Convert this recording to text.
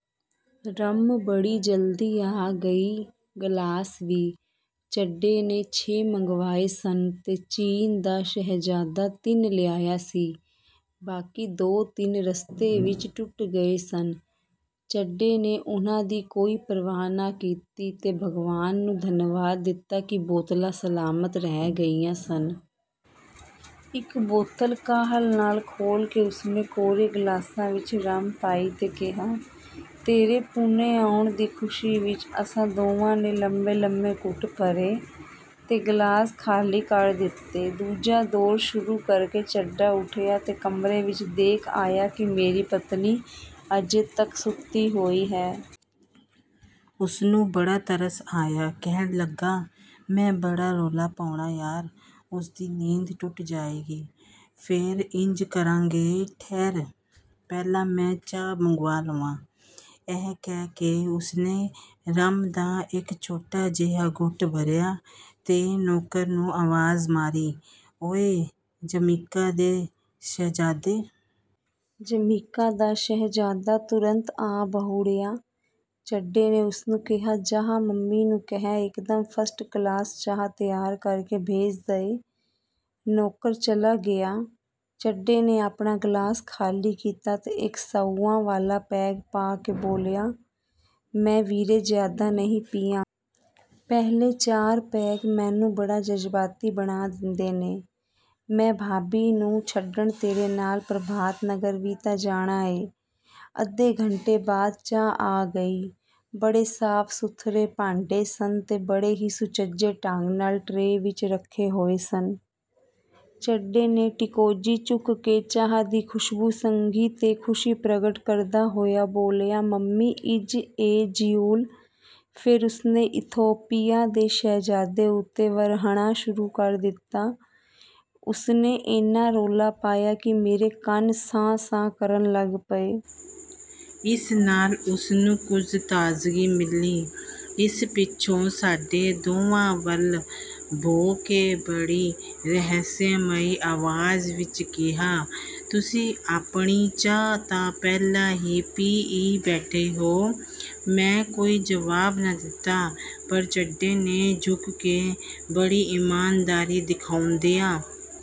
Rum ਬੜੀ ਜਲਦੀ ਆ ਗਈ, ਗਲਾਸ ਵੀ। ਚੱਡੇ ਨੇ ਛੇ ਮੰਗਵਾਏ ਸਨ ਤੇ ਚੀਨ ਦਾ ਸ਼ਹਿਜ਼ਾਦਾ ਤਿੰਨ ਲਿਆਇਆ ਸੀ, ਬਾਕੀ ਦੇ ਤਿੰਨ ਰਸਤੇ ਵਿਚ ਟੁੱਟ ਗਏ ਸਨ। ਚੱਡੇ ਨੇ ਉਹਨਾਂ ਦੀ ਕੋਈ ਪ੍ਰਵਾਹ ਨਾ ਕੀਤੀ ਤੇ ਭਗਵਾਨ ਨੂੰ ਧੰਨਵਾਦ ਦਿੱਤਾ ਕਿ ਬੋਤਲਾਂ ਸਲਾਮਤ ਰਹਿ ਗਈਆਂ ਸਨ। ਇਕ ਬੋਤਲ ਕਾਹਲ ਨਾਲ ਖੋਹਲ ਕੇ ਉਸਨੇ ਕੋਰੇ ਗਲਾਸਾਂ ਵਿਚ ਰੰਮ ਪਾਈ ਤੇ ਕਿਹਾ, "ਤੇਰੇ ਪੂਨੇ ਆਉਣ ਦੀ ਖੁਸ਼ੀ ਵਿਚ। "ਅਸਾਂ ਦੋਵਾਂ ਨੇ ਲੰਮੇਂ-ਲੰਮੇਂ ਘੁੱਟ ਭਰੇ 'ਤੇ ਗ਼ਲਾਸ ਖ਼ਾਲੀ ਕਰ ਦਿੱਤੇ। ਦੂਜਾ ਦੌਰ ਸ਼ੁਰੂ ਕਰਕੇ ਚੱਡਾ ਉੱਠਿਆ ਤੇ ਕਮਰੇ ਵਿਚ ਦੇਖ ਆਇਆ ਕਿ ਮੇਰੀ ਪਤਨੀ ਅਜੇ ਤਕ ਸੁੱਤੀ ਹੋਈ ਹੈ। ਉਸਨੂੰ ਬੜਾ ਤਰਸ ਆਇਆ। ਕਹਿਣ ਲੱਗਾ, "ਮੈਂ ਬੜਾ ਰੌਲਾ ਪਾਉਣਾ ਯਾਰ, ਉਸਦੀ ਨੀਂਦ ਟੁੱਟ ਜਾਏਗੀ। ਫੇਰ ਇੰਜ ਕਰਾਂਗੇ, ਠਹਿਰ ਪਹਿਲਾਂ ਮੈਂ ਚਾਹ ਮੰਗਵਾ ਲਵਾਂ। " ਇਹ ਕਹਿ ਕੇ ਉਸਨੇ ਰੰਮ ਦਾ ਇਕ ਛੋਟਾ ਜਿਹਾ ਘੁੱਟ ਭਰਿਆ ਤੇ ਨੌਕਰ ਨੂੰ ਆਵਾਜ਼ ਮਾਰੀ, "ਓਇ ਜਮੀਕਾ ਦੇ ਸ਼ਹਿਜ਼ਾਦੇ! " ਜਮੀਕਾ ਦਾ ਸ਼ਹਿਜ਼ਾਦਾ ਤੁਰੰਤ ਆ ਬਹੁੜਿਆ। ਚੱਡੇ ਨੇ ਉਸਨੂੰ ਕਿਹਾ, "ਜਾਹ, ਮੰਮੀ ਨੂੰ ਕਹਿ, ਇਕਦਮ ਫਸਟ ਕਲਾਸ ਚਾਹ ਤਿਆਰ ਕਰਕੇ ਭੇਜ ਦਏ। " ਨੌਕਰ ਚਲਾ ਗਿਆ। ਚੱਡੇ ਨੇ ਆਪਣਾ ਗ਼ਲਾਸ ਖ਼ਾਲੀ ਕੀਤਾ ਤੇ ਇਕ ਸਾਊਆਂ ਵਾਲਾ ਪੈਗ ਪਾ ਕੇ ਬੋਲਿਆ, "ਮੈਂ ਵੀਰੇ, ਜ਼ਿਆਦਾ ਨਹੀਂ ਪੀਆਂ। ਪਹਿਲੇ ਚਾਰ ਪੈਗ ਮੈਨੂੰ ਬੜਾ ਜਜ਼ਬਾਤੀ ਬਣਾ ਦਿੰਦੇ ਨੇ। ਮੈਂ ਭਾਬੀ ਨੂੰ ਛੱਡਣ ਤੇਰੇ ਨਾਲ ਪ੍ਰਭਾਤਨਗਰ ਵੀ ਤਾਂ ਜਾਣਾ ਏਂ। " ਅੱਧੇ ਘੰਟੇ ਬਾਅਦ ਚਾਹ ਆ ਗਈ। ਬੜੇ ਸਾਫ-ਸੁਥਰੇ ਭਾਂਡੇ ਸਨ ਤੇ ਬੜੇ ਹੀ ਸੁਚੱਜੇ ਢੰਗ ਨਾਲ ਟਰੇ ਵਿਚ ਰੱਖੇ ਹੋਏ ਸਨ। ਚੱਡੇ ਨੇ ਟੀਕੋਜੀ ਚੁੱਕ ਕੇ ਚਾਹ ਦੀ ਖ਼ੁਸ਼ਬੂ ਸੁੰਘੀ ਤੇ ਖ਼ੁਸ਼ੀ ਪ੍ਰਗਟ ਕਰਦਾ ਹੋਇਆ ਬੋਲਿਆ, "ਮੰਮੀ ਇਜ਼ ਏ ਜਿਊਲ" ਫੇਰ ਉਸਨੇ ਇਥੋਪੀਆ ਦੇ ਸ਼ਹਿਜ਼ਾਦੇ ਉੱਤੇ ਵਰ੍ਹਣਾ ਸ਼ੁਰੂ ਕਰ ਦਿੱਤਾ। ਉਸਨੇ ਏਨਾ ਰੌਲਾ ਪਾਇਆ ਕਿ ਮੇਰੇ ਕੰਨ ਸਾਂ-ਸਾਂ ਕਰਨ ਲੱਗ ਪਏ। ਇਸ ਨਾਲ ਉਸਨੂੰ ਕੁਝ ਤਾਜ਼ਗੀ ਮਿਲੀ। ਇਸ ਪਿੱਛੋਂ ਸਾਡੇ ਦੋਵਾਂ ਵੱਲ ਭੌਂ ਕੇ ਬੜੀ ਰਹੱਸਮਈ ਆਵਾਜ਼ ਵਿਚ ਕਿਹਾ, "ਤੁਸੀਂ ਆਪਣੀ ਚਾਹ ਤਾਂ ਪਹਿਲਾਂ ਹੀ ਪੀਈ ਬੈਠੇ ਓ! "ਮੈਂ ਕੋਈ ਜਵਾਬ ਨਾ ਦਿੱਤਾ ਪਰ ਚੱਡੇ ਨੇ ਝੁਕ ਕੇ ਬੜੀ ਈਮਾਨਦਾਰੀ ਦਿਖਾਉਂਦਿਆ